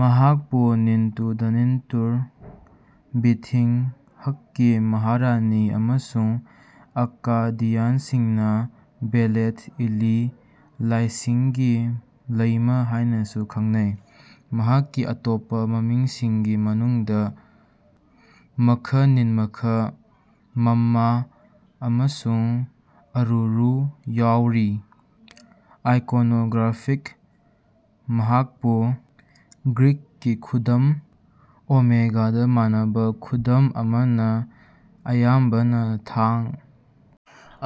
ꯃꯍꯥꯛꯄꯨ ꯅꯤꯟꯇꯨꯗꯅꯤꯟꯇꯨꯔ ꯕꯤꯔꯊꯤꯡ ꯍꯠꯀꯤ ꯃꯍꯥꯔꯥꯅꯤ ꯑꯃꯁꯨꯡ ꯑꯛꯀꯥꯗꯤꯌꯟꯁꯤꯡꯅ ꯕꯦꯂꯦꯠ ꯏꯂꯤ ꯂꯥꯏꯁꯤꯡꯒꯤ ꯂꯩꯃ ꯍꯥꯏꯅꯁꯨ ꯈꯪꯅꯩ꯫ ꯃꯍꯥꯛꯀꯤ ꯑꯇꯣꯞꯄ ꯃꯃꯤꯡꯁꯤꯡꯒꯤ ꯃꯅꯨꯡꯗ ꯃꯈ ꯅꯤꯟꯃꯥꯈ ꯃꯝꯃꯥ ꯑꯃꯁꯨꯡ ꯑꯔꯨꯔꯨ ꯌꯥꯎꯔꯤ꯫ ꯑꯥꯏꯀꯣꯅꯣꯒ꯭ꯔꯥꯐꯤꯗ ꯃꯍꯥꯛꯄꯨ ꯒ꯭ꯔꯤꯛꯀꯤ ꯈꯨꯗꯝ ꯑꯣꯃꯦꯒꯥꯒ ꯃꯥꯟꯅꯕ ꯈꯨꯗꯝ ꯑꯃꯅ ꯑꯌꯥꯝꯕꯅ ꯊꯥꯡ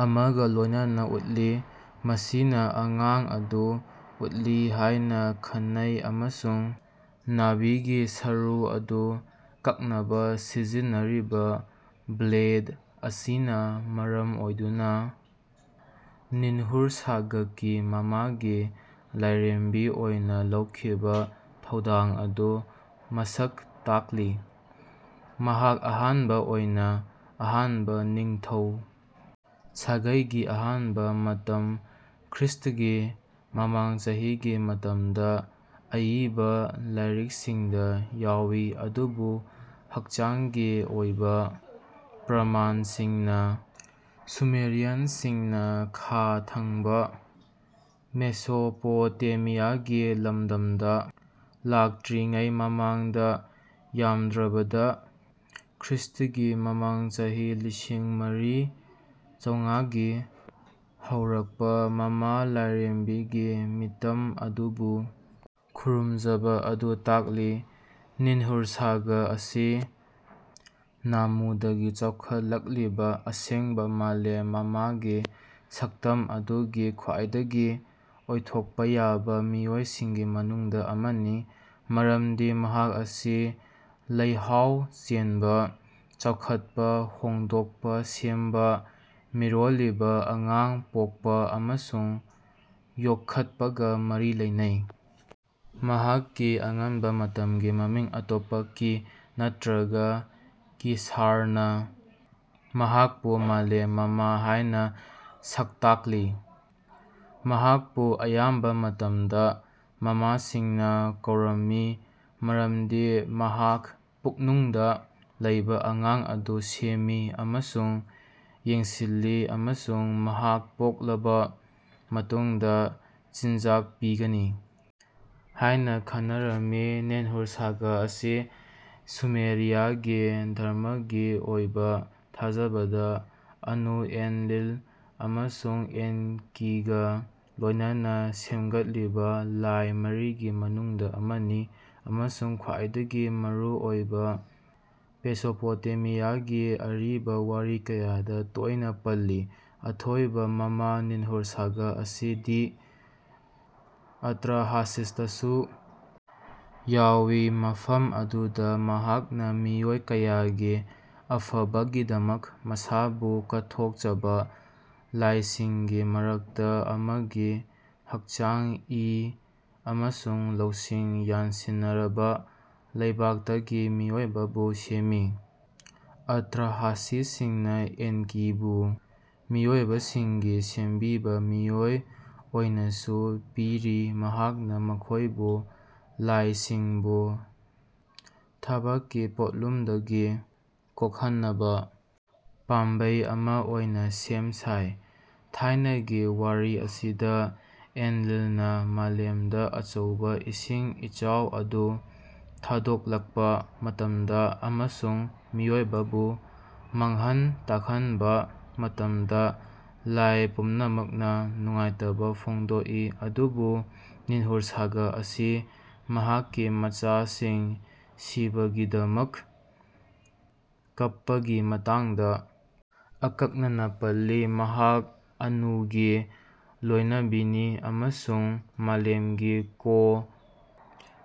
ꯑꯃꯒ ꯂꯣꯏꯅꯅ ꯎꯠꯂꯤ ꯃꯁꯤꯅ ꯑꯉꯥꯡ ꯑꯗꯨ ꯎꯠꯂꯤ ꯍꯥꯏꯅ ꯈꯟꯅꯩ ꯑꯃꯁꯨꯡ ꯅꯥꯕꯤꯒꯤ ꯁꯔꯨ ꯑꯗꯨ ꯀꯛꯅꯕ ꯁꯤꯖꯤꯟꯅꯔꯤꯕ ꯕ꯭ꯂꯦꯗ ꯑꯁꯤꯅ ꯃꯔꯝ ꯑꯣꯏꯗꯨꯅ ꯅꯤꯟꯍꯨꯔꯁꯥꯒꯀꯤ ꯃꯃꯥꯒꯤ ꯂꯥꯏꯔꯦꯝꯕꯤ ꯑꯣꯏꯅ ꯂꯧꯈꯤꯕ ꯊꯧꯗꯥꯡ ꯑꯗꯨ ꯃꯁꯛ ꯇꯥꯛꯂꯤ꯫ ꯃꯍꯥꯛ ꯑꯍꯥꯟꯕ ꯑꯣꯏꯅ ꯑꯍꯥꯟꯕ ꯅꯤꯡꯊꯧ ꯁꯥꯒꯩꯒꯤ ꯑꯍꯥꯟꯕ ꯃꯇꯝ ꯈ꯭ꯔꯤꯁ꯭ꯇꯒꯤ ꯃꯃꯥꯡ ꯆꯍꯤꯒꯤ ꯃꯇꯝꯗ ꯑꯏꯕ ꯂꯥꯏꯔꯤꯛꯁꯤꯡꯗ ꯌꯥꯎꯏ ꯑꯗꯨꯕꯨ ꯍꯛꯆꯥꯡꯒꯤ ꯑꯣꯏꯕ ꯄ꯭ꯔꯃꯥꯟꯁꯤꯡꯅ ꯁꯨꯃꯦꯔꯤꯌꯟꯁꯤꯡꯅ ꯈꯥ ꯊꯪꯕ ꯃꯦꯁꯣꯄꯣꯇꯦꯃꯤꯌꯥꯒꯤ ꯂꯝꯗꯝꯗ ꯂꯥꯛꯇ꯭ꯔꯤꯉꯩ ꯃꯃꯥꯡꯗ ꯌꯥꯝꯗ꯭ꯔꯕꯗ ꯈ꯭ꯔꯤꯁ꯭ꯇꯒꯤ ꯃꯃꯥꯡ ꯆꯍꯤ ꯂꯤꯁꯤꯡ ꯃꯔꯤ ꯆꯧꯉꯥꯒꯤ ꯍꯧꯔꯛꯄ ꯃꯃꯥ ꯂꯥꯏꯔꯦꯝꯕꯤꯒꯤ ꯃꯤꯇꯝ ꯑꯗꯨꯕꯨ ꯈꯨꯔꯨꯝꯖꯕ ꯑꯗꯨ ꯇꯥꯛꯂꯤ꯫ ꯅꯤꯟꯍꯨꯔꯁꯥꯒ ꯑꯁꯤ ꯅꯥꯝꯃꯨꯗꯒꯤ ꯆꯥꯎꯈꯠꯂꯛꯂꯤꯕ ꯑꯁꯦꯡꯕ ꯃꯥꯂꯦꯝ ꯃꯃꯥꯒꯤ ꯁꯛꯇꯝ ꯑꯗꯨꯒꯤ ꯈ꯭ꯋꯥꯏꯗꯒꯤ ꯑꯣꯏꯊꯣꯛꯄ ꯌꯥꯕ ꯃꯤꯑꯣꯏꯁꯤꯡꯒꯤ ꯃꯅꯨꯡꯗ ꯑꯃꯅꯤ ꯃꯔꯝꯗꯤ ꯃꯍꯥꯛ ꯑꯁꯤ ꯂꯩꯍꯥꯎ ꯆꯦꯟꯕ ꯆꯥꯎꯈꯠꯄ ꯍꯣꯡꯗꯣꯛꯄ ꯁꯦꯝꯕ ꯃꯤꯔꯣꯜꯂꯤꯕ ꯑꯉꯥꯡ ꯄꯣꯛꯄ ꯑꯃꯁꯨꯡ ꯌꯣꯛꯈꯠꯄꯒ ꯃꯔꯤ ꯂꯩꯅꯩ꯫ ꯃꯍꯥꯛꯀꯤ ꯑꯉꯟꯕ ꯃꯇꯝꯒꯤ ꯃꯃꯤꯡ ꯑꯇꯣꯞꯄ ꯀꯤ ꯅꯠꯇ꯭ꯔꯒ ꯀꯤꯁꯥꯔꯅ ꯃꯍꯥꯛꯄꯨ ꯃꯥꯂꯦꯝ ꯃꯃꯥ ꯍꯥꯏꯅ ꯁꯛꯇꯥꯛꯂꯤ꯫ ꯃꯍꯥꯛꯄꯨ ꯑꯌꯥꯝꯕ ꯃꯇꯝꯗ ꯃꯃꯥꯁꯤꯡꯅ ꯀꯧꯔꯝꯃꯤ ꯃꯔꯝꯗꯤ ꯃꯍꯥꯛ ꯄꯨꯛꯅꯨꯡꯗ ꯂꯩꯕ ꯑꯉꯥꯡ ꯑꯗꯨ ꯁꯦꯝꯃꯤ ꯑꯃꯁꯨꯡ ꯌꯦꯡꯁꯤꯜꯂꯤ ꯑꯃꯁꯨꯡ ꯃꯍꯥꯛ ꯄꯣꯛꯂꯕ ꯃꯇꯨꯡꯗ ꯆꯤꯟꯖꯥꯛ ꯄꯤꯒꯅꯤ ꯍꯥꯏꯅ ꯈꯟꯅꯔꯝꯃꯤ꯫ ꯅꯤꯟꯍꯨꯔꯁꯥꯒ ꯑꯁꯤ ꯁꯨꯃꯦꯔꯤꯌꯥꯒꯤ ꯙꯔꯃꯒꯤ ꯑꯣꯏꯕ ꯊꯥꯖꯕꯗ ꯑꯅꯨ ꯑꯦꯟꯂꯤꯜ ꯑꯃꯁꯨꯡ ꯑꯦꯟꯀꯤꯒ ꯂꯣꯏꯅꯅ ꯁꯦꯝꯒꯠꯂꯤꯕ ꯂꯥꯏ ꯃꯔꯤꯒꯤ ꯃꯅꯨꯡꯗ ꯑꯃꯅꯤ ꯑꯃꯁꯨꯡ ꯈ꯭ꯋꯥꯏꯗꯒꯤ ꯃꯔꯨꯑꯣꯏꯕ ꯃꯦꯁꯣꯄꯣꯇꯦꯃꯤꯌꯥꯒꯤ ꯑꯔꯤꯕ ꯋꯥꯔꯤ ꯀꯌꯥꯗ ꯇꯣꯏꯅ ꯄꯜꯂꯤ꯫ ꯑꯊꯣꯏꯕ ꯃꯃꯥ ꯅꯤꯟꯍꯨꯔꯁꯥꯒ ꯑꯁꯤ ꯗꯤ ꯑꯇ꯭ꯔꯥꯍꯥꯁꯤꯁꯇꯁꯨ ꯌꯥꯎꯏ ꯃꯐꯝ ꯑꯗꯨꯗ ꯃꯍꯥꯛꯅ ꯃꯤꯑꯣꯏ ꯀꯌꯥꯒꯤ ꯑꯐꯕꯒꯤꯗꯃꯛ ꯃꯁꯥꯕꯨ ꯀꯠꯊꯣꯛꯆꯕ ꯂꯥꯏꯁꯤꯡꯒꯤ ꯃꯔꯛꯇ ꯑꯃꯒꯤ ꯍꯛꯆꯥꯡ ꯏ ꯑꯃꯁꯨꯡ ꯂꯧꯁꯤꯡ ꯌꯥꯟꯁꯤꯟꯅꯔꯕ ꯂꯩꯕꯥꯛꯇꯒꯤ ꯃꯤꯑꯣꯏꯕꯕꯨ ꯁꯦꯝꯃꯤ꯫ ꯑꯇ꯭ꯔꯍꯥꯁꯤꯁꯤꯡꯅ ꯑꯦꯟꯀꯤꯕꯨ ꯃꯤꯑꯣꯏꯕꯁꯤꯡꯒꯤ ꯁꯦꯝꯕꯤꯕ ꯃꯤꯑꯣꯏ ꯑꯣꯏꯅꯁꯨ ꯄꯤꯔꯤ ꯃꯍꯥꯛꯅ ꯃꯈꯣꯏꯕꯨ ꯂꯥꯏꯁꯤꯡꯕꯨ ꯊꯥꯕꯛꯀꯤ ꯄꯣꯠꯂꯨꯝꯗꯒꯤ ꯀꯣꯛꯍꯟꯅꯕ ꯄꯥꯝꯕꯩ ꯑꯃ ꯑꯣꯏꯅ ꯁꯦꯝ ꯁꯥꯏ꯫ ꯊꯥꯏꯅꯒꯤ ꯋꯥꯔꯤ ꯑꯁꯤꯗ ꯑꯦꯟꯂꯤꯜꯅ ꯃꯥꯂꯦꯝꯗ ꯑꯆꯧꯕ ꯏꯁꯤꯡ ꯏꯆꯥꯎ ꯑꯗꯨ ꯊꯥꯗꯣꯛꯂꯛꯄ ꯃꯇꯝꯗ ꯑꯃꯁꯨꯡ ꯃꯤꯑꯣꯏꯕꯕꯨ ꯃꯥꯡꯍꯟ ꯇꯥꯛꯍꯟꯕ ꯃꯇꯝꯗ ꯂꯥꯏ ꯄꯨꯝꯅꯃꯛꯅ ꯅꯨꯡꯉꯥꯏꯇꯕ ꯐꯣꯡꯗꯣꯛꯏ ꯑꯗꯨꯕꯨ ꯅꯤꯟꯍꯨꯔꯁꯥꯒ ꯑꯁꯤ ꯃꯍꯥꯛꯀꯤ ꯃꯆꯥꯁꯤꯡ ꯁꯤꯕꯒꯤꯗꯃꯛ ꯀꯞꯄꯒꯤ ꯃꯇꯥꯡꯗ ꯑꯀꯛꯅꯅ ꯄꯜꯂꯤ꯫ ꯃꯍꯥꯛ ꯑꯅꯨꯒꯤ ꯂꯣꯏꯅꯕꯤꯅꯤ ꯑꯃꯁꯨꯡ ꯃꯥꯂꯦꯝꯒꯤ ꯀꯣ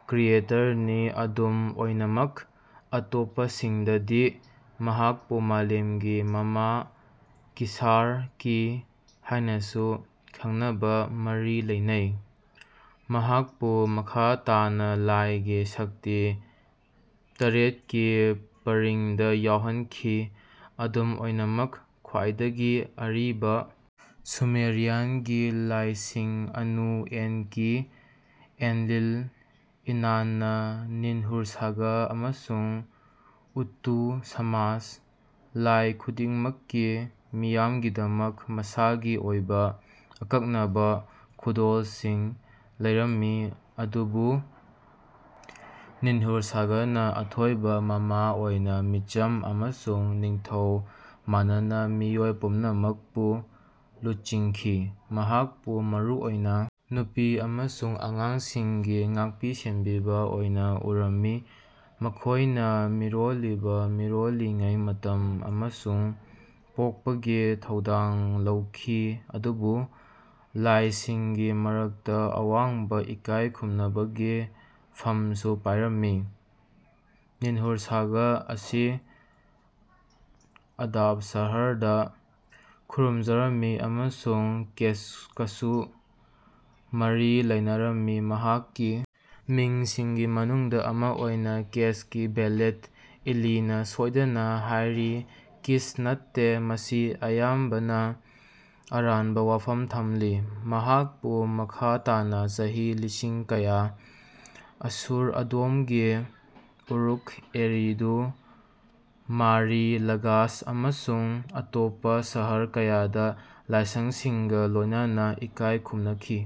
ꯀ꯭ꯔꯤꯌꯦꯇꯔꯅꯤ꯫ ꯑꯗꯨꯝ ꯑꯣꯏꯅꯃꯛ ꯑꯇꯣꯞꯄꯁꯤꯡꯗꯗꯤ ꯃꯍꯥꯛꯄꯨ ꯃꯥꯂꯦꯝꯒꯤ ꯃꯃꯥ ꯀꯤꯁꯥꯔ ꯀꯤ ꯍꯥꯏꯅꯁꯨ ꯈꯪꯅꯕ ꯃꯔꯤ ꯂꯩꯅꯩ꯫ ꯃꯍꯥꯛꯄꯨ ꯃꯈꯥ ꯇꯥꯅ ꯂꯥꯏꯒꯤ ꯁꯛꯇꯤ ꯇꯔꯦꯠꯀꯤ ꯄꯔꯤꯡꯗ ꯌꯥꯎꯍꯟꯈꯤ ꯑꯗꯨꯝ ꯑꯣꯏꯅꯃꯛ ꯈ꯭ꯋꯥꯏꯗꯒꯤ ꯑꯔꯤꯕ ꯁꯨꯃꯦꯔꯤꯌꯟꯒꯤ ꯂꯥꯏꯁꯤꯡ ꯑꯅꯨ ꯑꯦꯟꯀꯤ ꯑꯦꯟꯂꯤꯜ ꯏꯅꯥꯟꯅꯥ ꯅꯤꯟꯍꯨꯔꯁꯥꯒ ꯑꯃꯁꯨꯡ ꯎꯇꯨ ꯁꯃꯥꯁ꯫ ꯂꯥꯏ ꯈꯨꯗꯤꯡꯃꯛꯀꯤ ꯃꯤꯌꯥꯝꯒꯤꯗꯃꯛ ꯃꯁꯥꯒꯤ ꯑꯣꯏꯕ ꯑꯀꯛꯅꯕ ꯈꯨꯗꯣꯜꯁꯤꯡ ꯂꯩꯔꯝꯃꯤ ꯑꯗꯨꯕꯨ ꯅꯤꯟꯍꯨꯔꯁꯥꯒꯅ ꯑꯊꯣꯏꯕ ꯃꯃꯥ ꯑꯣꯏꯅ ꯃꯤꯆꯝ ꯑꯃꯁꯨꯡ ꯅꯤꯡꯊꯧ ꯃꯥꯟꯅꯅ ꯃꯤꯑꯣꯏ ꯄꯨꯝꯅꯃꯛꯄꯨ ꯂꯨꯆꯤꯡꯈꯤ꯫ ꯃꯍꯥꯛꯄꯨ ꯃꯔꯨ ꯑꯣꯏꯅ ꯅꯨꯄꯤ ꯑꯃꯁꯨꯡ ꯑꯉꯥꯡꯁꯤꯡꯒꯤ ꯉꯥꯛꯄꯤ ꯁꯦꯟꯕꯤꯕ ꯑꯣꯏꯅ ꯎꯔꯝꯃꯤ ꯃꯈꯣꯏꯅ ꯃꯤꯔꯣꯜꯂꯤꯕ ꯃꯤꯔꯣꯜꯂꯤꯉꯩ ꯃꯇꯝ ꯑꯃꯁꯨꯡ ꯄꯣꯛꯄꯒꯤ ꯊꯧꯗꯥꯡ ꯂꯧꯈꯤ ꯑꯗꯨꯕꯨ ꯂꯥꯏꯁꯤꯡꯒꯤ ꯃꯔꯛꯇ ꯑꯋꯥꯡꯕ ꯏꯀꯥꯏ ꯈꯨꯝꯅꯕꯒꯤ ꯐꯝꯁꯨ ꯄꯥꯏꯔꯝꯃꯤ꯫ ꯅꯤꯟꯍꯨꯔꯁꯥꯒ ꯑꯁꯤ ꯑꯗꯥꯕ ꯁꯍꯔꯗ ꯈꯨꯔꯨꯝꯖꯔꯝꯃꯤ ꯑꯃꯁꯨꯡ ꯀꯦꯁꯀꯁꯨ ꯃꯔꯤ ꯂꯩꯅꯔꯝꯃꯤ ꯃꯍꯥꯛꯀꯤ ꯃꯤꯡꯁꯤꯡꯒꯤ ꯃꯅꯨꯡꯗ ꯑꯃ ꯑꯣꯏꯅ ꯀꯦꯁꯀꯤ ꯕꯦꯂꯦꯠ ꯏꯂꯤꯅ ꯁꯣꯏꯗꯅ ꯍꯥꯏꯔꯤ ꯀꯤꯁ ꯅꯠꯇꯦ ꯃꯁꯤ ꯑꯌꯥꯝꯕꯅ ꯑꯔꯥꯟꯕ ꯋꯥꯐꯝ ꯊꯝꯂꯤ꯫ ꯃꯍꯥꯛꯄꯨ ꯃꯈꯥ ꯇꯥꯅ ꯆꯍꯤ ꯂꯤꯁꯤꯡ ꯀꯌꯥ ꯑꯁꯨꯔ ꯑꯗꯣꯝꯒꯤ ꯎꯔꯨꯛ ꯑꯦꯔꯤꯗꯨ ꯃꯥꯔꯤ ꯂꯒꯥꯁ ꯑꯃꯁꯨꯡ ꯑꯇꯣꯞꯄ ꯁꯍꯔ ꯀꯌꯥꯗ ꯂꯥꯏꯁꯪꯁꯤꯡꯒ ꯂꯣꯏꯅꯅ ꯏꯀꯥꯏ ꯈꯨꯝꯅꯈꯤ꯫